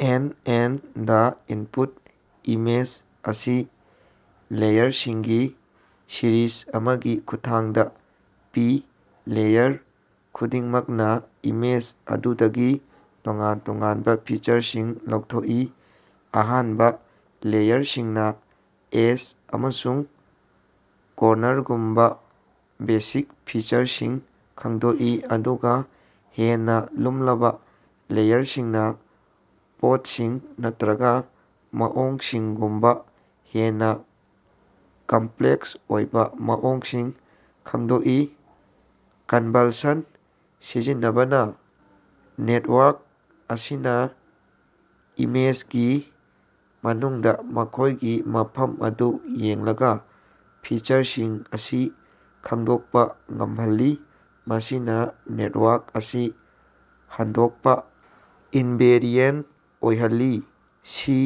And. N. ꯗꯥ, input image ꯑꯁꯤ ꯂꯦꯌꯔꯁꯤꯡꯒꯤ ꯁꯤꯔꯤꯖ ꯑꯃꯒꯤ ꯈꯨꯠꯊꯥꯡꯗ ꯄꯤ, ꯂꯦꯌꯔ ꯈꯨꯗꯤꯡꯃꯛꯅ ꯏꯃꯦꯖ ꯑꯗꯨꯗꯒꯤ ꯇꯣꯉꯥꯟ ꯇꯣꯉꯥꯟꯕ ꯐꯤꯆꯔꯁꯤꯡ ꯂꯧꯊꯣꯛꯏ꯫ ꯑꯍꯥꯟꯕ ꯂꯦꯌꯔꯁꯤꯡꯅ ꯑꯦꯖ ꯑꯃꯁꯨꯡ ꯀꯣꯔꯅꯔꯒꯨꯝꯕ ꯕꯦꯁꯤꯛ ꯐꯤꯆꯔꯁꯤꯡ ꯈꯪꯗꯣꯛꯏ, ꯑꯗꯨꯒ ꯍꯦꯟꯅ ꯂꯨꯝꯂꯕ ꯂꯦꯌꯔꯁꯤꯡꯅ ꯄꯣꯠꯁꯤꯡ ꯅꯠꯇꯔꯒꯥ ꯃꯑꯣꯡꯁꯤꯡꯒꯨꯝꯕ ꯍꯦꯟꯅ ꯀꯝꯄꯂꯦꯛꯁ ꯑꯣꯏꯕ ꯃꯑꯣꯡꯁꯤꯡ ꯈꯪꯗꯣꯛꯏ꯫ ꯀꯟꯚꯜꯁꯟ ꯁꯤꯖꯤꯟꯅꯕꯅ ꯅꯦꯇꯋꯥꯔꯛ ꯑꯁꯤꯅ ꯏꯃꯦꯖꯒꯤ ꯃꯅꯨꯡꯗ ꯃꯈꯣꯏꯒꯤ ꯃꯐꯝ ꯑꯗꯨ ꯌꯦꯡꯂꯒ ꯐꯤꯆꯔꯁꯤꯡ ꯑꯁꯤ ꯈꯪꯗꯣꯛꯄ ꯉꯝꯍꯜꯂꯤ, ꯃꯁꯤꯅ ꯅꯦꯇꯋꯥꯔꯛ ꯑꯁꯤ ꯍꯟꯗꯣꯛꯄ-ꯏꯟꯚꯦꯔꯤꯑꯦꯟ ꯑꯣꯏꯍꯜꯂꯤ꯫ ꯁꯤ.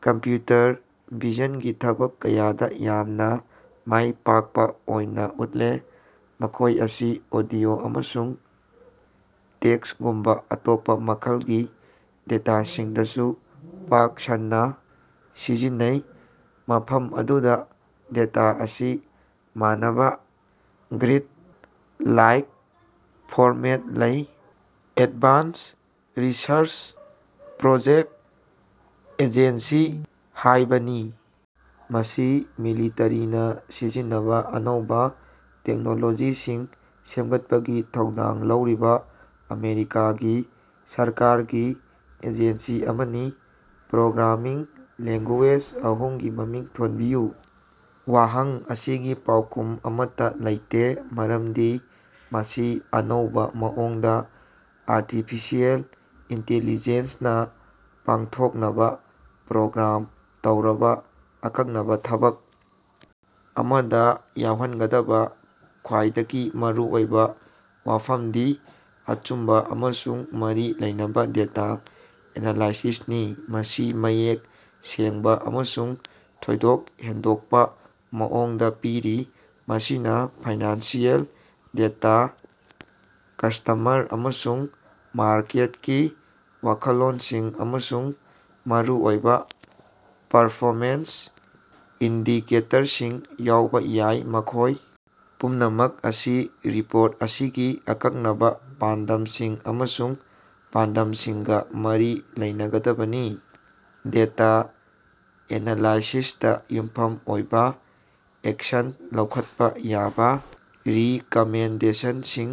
ꯀꯝꯄꯌꯨꯇꯔ ꯚꯤꯖꯟꯒꯤ ꯊꯕꯛ ꯀꯌꯥꯗ ꯌꯥꯝꯅ ꯃꯥꯏ ꯄꯥꯛꯄ ꯑꯣꯏꯅ ꯎꯠꯂꯦ꯫ ꯃꯈꯣꯏ ꯑꯁꯤ ꯑꯣꯗꯤꯑꯣ ꯑꯃꯁꯨꯡ ꯇꯦꯛꯁꯒꯨꯝꯕ ꯑꯇꯣꯞꯄ ꯃꯈꯜꯒꯤ ꯗꯦꯇꯥꯁꯤꯡꯗꯁꯨ ꯄꯥꯛ ꯁꯟꯅ ꯁꯤꯖꯤꯟꯅꯩ, ꯃꯐꯝ ꯑꯗꯨꯗ ꯗꯦꯇꯥ ꯑꯁꯤ ꯃꯥꯟꯅꯕꯥ ꯒ꯭ꯔꯤꯗ-ꯂꯥꯏꯛ ꯐꯣꯔꯃꯦꯠ ꯂꯩ꯫ ꯑꯦꯗꯚꯥꯟꯁ ꯔꯤꯁꯔꯆ ꯄ꯭ꯔꯣꯖꯦꯛ ꯑꯦꯖꯦꯟꯁꯤ ꯍꯥꯏꯕꯅꯤ꯫ ꯃꯁꯤ ꯃꯤꯂꯤꯇꯔꯤꯅ ꯁꯤꯖꯤꯟꯅꯕꯥ ꯑꯅꯧꯕ ꯇꯦꯛꯅꯣꯂꯣꯖꯤꯁꯤꯡ ꯁꯦꯝꯒꯠꯄꯒꯤ ꯊꯧꯗꯥꯡ ꯂꯧꯔꯤꯕ ꯑꯃꯦꯔꯤꯀꯥꯒꯤ ꯁꯔꯀꯥꯔꯒꯤ ꯑꯦꯖꯦꯟꯁꯤ ꯑꯃꯅꯤ꯫ ꯄ꯭ꯔꯣꯒ꯭ꯔꯥꯃꯤꯡ ꯂꯦꯡꯒꯨꯌꯦꯖ ꯑꯍꯨꯝꯒꯤ ꯃꯃꯤꯡ ꯊꯣꯟꯕꯤꯌꯨ꯫ ꯋꯥꯍꯪ ꯑꯁꯤꯒꯤ ꯄꯥꯎꯈꯨꯝ ꯑꯃꯠꯇꯥ ꯂꯩꯇꯦ ꯃꯔꯝꯗꯤ ꯃꯁꯤ ꯑꯆꯧꯕ ꯃꯑꯣꯡꯗ ꯑꯥꯔꯇꯤꯐꯤꯁꯤꯑꯦꯜ ꯏꯟꯇꯤꯂꯤꯖ‌ꯦꯟꯁꯅ ꯄꯥꯡꯊꯣꯛꯅꯕ ꯄ꯭ꯔꯣꯒ꯭ꯔꯥꯝ ꯇꯧꯔꯕ ꯑꯀꯛꯅꯕ ꯊꯕꯛ ꯑꯃꯗ ꯌꯥꯎꯍꯟꯒꯗꯕ ꯈ꯭ꯋꯥꯏꯗꯒꯤ ꯃꯔꯨꯑꯣꯏꯕ ꯋꯥꯐꯝꯗꯤ ꯑꯆꯨꯝꯕ ꯑꯃꯁꯨꯡ ꯃꯔꯤ ꯂꯩꯅꯕ ꯗꯦꯇꯥ ꯑꯦꯅꯥꯂꯥꯏꯁꯤꯁꯅꯤ, ꯃꯁꯤ ꯃꯌꯦꯛ ꯁꯦꯡꯕ ꯑꯃꯁꯨꯡ ꯊꯣꯏꯗꯣꯛ ꯍꯦꯟꯗꯣꯛꯄ ꯃꯑꯣꯡꯗ ꯄꯤꯔꯤ꯫ ꯃꯁꯤꯗ ꯐꯥꯏꯅꯥꯟꯁꯤꯑꯦꯜ ꯗꯦꯇꯥ, ꯀꯁ꯭ꯇꯃꯔ ꯑꯃꯁꯨꯡ ꯃꯥꯔꯀꯦꯠꯀꯤ ꯋꯥꯈꯜꯂꯣꯟꯁꯤꯡ, ꯑꯃꯁꯨꯡ ꯃꯔꯨꯑꯣꯏꯕ ꯄꯔꯐꯣꯃꯦꯟꯁ ꯏꯟꯗꯤꯀꯦꯇꯔꯁꯤꯡ ꯌꯥꯎꯕ ꯌꯥꯏ, ꯃꯈꯣꯏ ꯄꯨꯝꯅꯃꯛ ꯑꯁꯤ ꯔꯤꯄꯣꯔꯠ ꯑꯁꯤꯒꯤ ꯑꯀꯛꯅꯕ ꯄꯥꯟꯗꯝꯁꯤꯡ ꯑꯃꯁꯨꯡ ꯄꯥꯟꯗꯝꯁꯤꯡꯒ ꯃꯔꯤ ꯂꯩꯅꯒꯗꯕꯅꯤ꯫ ꯗꯦꯇꯥ ꯑꯦꯅꯥꯂꯥꯏꯁꯤꯁꯇ ꯌꯨꯝꯐꯝ ꯑꯣꯏꯕ ꯑꯦꯛꯁꯟ ꯂꯧꯈꯠꯄ ꯌꯥꯕꯥ ꯔꯤꯀꯃꯦꯟꯗꯦꯁꯟꯁꯤꯡ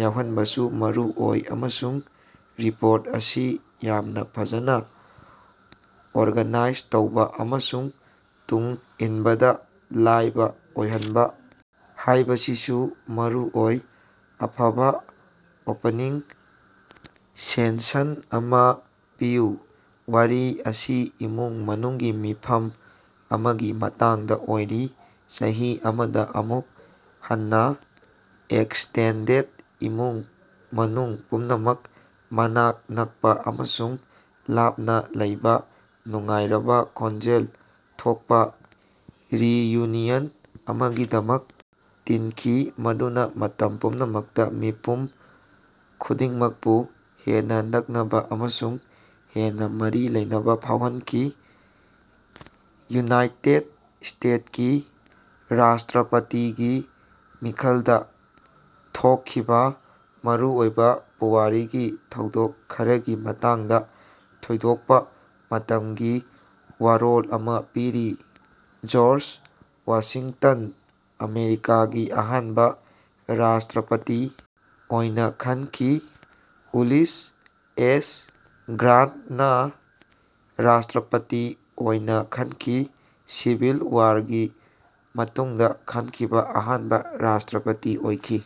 ꯌꯥꯎꯍꯟꯕꯁꯨ ꯃꯔꯨ ꯑꯣꯏ, ꯑꯃꯁꯨꯡ ꯔꯤꯄꯣꯔꯠ ꯑꯁꯤ ꯌꯥꯝꯅ ꯐꯖꯅ ꯑꯣꯔꯒꯅꯥꯏꯖ ꯇꯧꯕ ꯑꯃꯁꯨꯡ ꯇꯨꯡ ꯏꯟꯅꯕꯗ ꯂꯥꯏꯕ ꯑꯣꯏꯍꯟꯕ ꯍꯥꯏꯕꯁꯤꯁꯨ ꯃꯔꯨꯑꯣꯏ꯫ ꯑꯐꯕꯥ ꯑꯣꯄꯅꯤꯡ ꯁꯦꯟꯁꯟ ꯑꯃꯥ ꯄꯤꯌꯨ꯫ ꯋꯥꯔꯤ ꯑꯁꯤ ꯏꯃꯨꯡ ꯃꯅꯨꯡꯒꯤ ꯃꯤꯐꯝ ꯑꯃꯒꯤ ꯃꯇꯥꯡꯗ ꯑꯣꯏꯔꯤ꯫ ꯆꯍꯤ ꯑꯃꯗ ꯑꯃꯨꯛ ꯍꯟꯅ ꯑꯦꯛꯁꯇꯦꯟꯗꯦꯗ ꯏꯃꯨꯡ ꯃꯅꯨꯡ ꯄꯨꯝꯅꯃꯛ ꯃꯅꯥꯛ ꯅꯛꯄ ꯑꯃꯁꯨꯡ ꯂꯥꯞꯅ ꯂꯩꯕ ꯅꯨꯡꯉꯥꯏꯔꯕ, ꯈꯣꯟꯖꯦꯜ ꯊꯣꯛꯄꯥ ꯔꯤꯌꯨꯅꯤꯌꯟ ꯑꯃꯒꯤꯗꯃꯛ ꯇꯤꯟꯈꯤ ꯃꯗꯨꯅ ꯃꯇꯝ ꯄꯨꯝꯅꯃꯛꯇ ꯃꯤꯄꯨꯝ ꯈꯨꯗꯤꯡꯃꯛꯄꯨ ꯍꯦꯟꯅ ꯅꯛꯅꯕ ꯑꯃꯁꯨꯡ ꯍꯦꯟꯅ ꯃꯔꯤ ꯂꯩꯅꯕ ꯐꯥꯎꯍꯟꯈꯤ꯫ ꯌꯨꯅꯥꯏꯠꯇ‌ꯦꯠ ꯏꯁꯇ‌ꯦꯠꯁꯀꯤ ꯔꯥꯁ꯭ꯇꯔꯄꯇꯤꯒꯤ ꯃꯤꯈꯂꯗꯥ ꯊꯣꯀꯈꯤꯕꯥ ꯃꯔꯨꯑꯣꯏꯕꯥ ꯄꯨꯋꯥꯔꯤꯒꯤ ꯊꯧꯗꯣꯛ ꯈꯔꯒꯤ ꯃꯇꯥꯡꯗ ꯊꯣꯏꯗꯣꯛꯄꯥ ꯃꯇꯝꯒꯤ ꯋꯥꯔꯣꯜ ꯑꯃ ꯄꯤꯔꯤ, ꯖ‌ꯣꯔꯖ ꯋꯥꯁꯤꯡꯇꯟꯗ ꯑꯃꯦꯔꯤꯀꯥꯒꯤ ꯑꯍꯥꯟꯕ ꯔꯥꯁ꯭ꯇꯔꯄꯇꯤ ꯑꯣꯏꯅ ꯈꯟꯈꯤ꯫ ꯎꯂꯤꯁ ꯑꯦꯁ ꯒ꯭ꯔꯥꯟꯇꯅꯥ ꯔꯥꯁ꯭ꯇꯔꯄꯇꯤ ꯑꯣꯏꯅ ꯈꯟꯈꯤ, ꯁꯤꯚꯤꯜ ꯋꯥꯔꯒꯤ ꯃꯇꯨꯡꯗꯥ ꯈꯟꯈꯤꯕ ꯑꯍꯥꯟꯕ ꯔꯥꯁ꯭ꯇꯔꯄꯇꯤ ꯑꯣꯏꯈꯤ꯫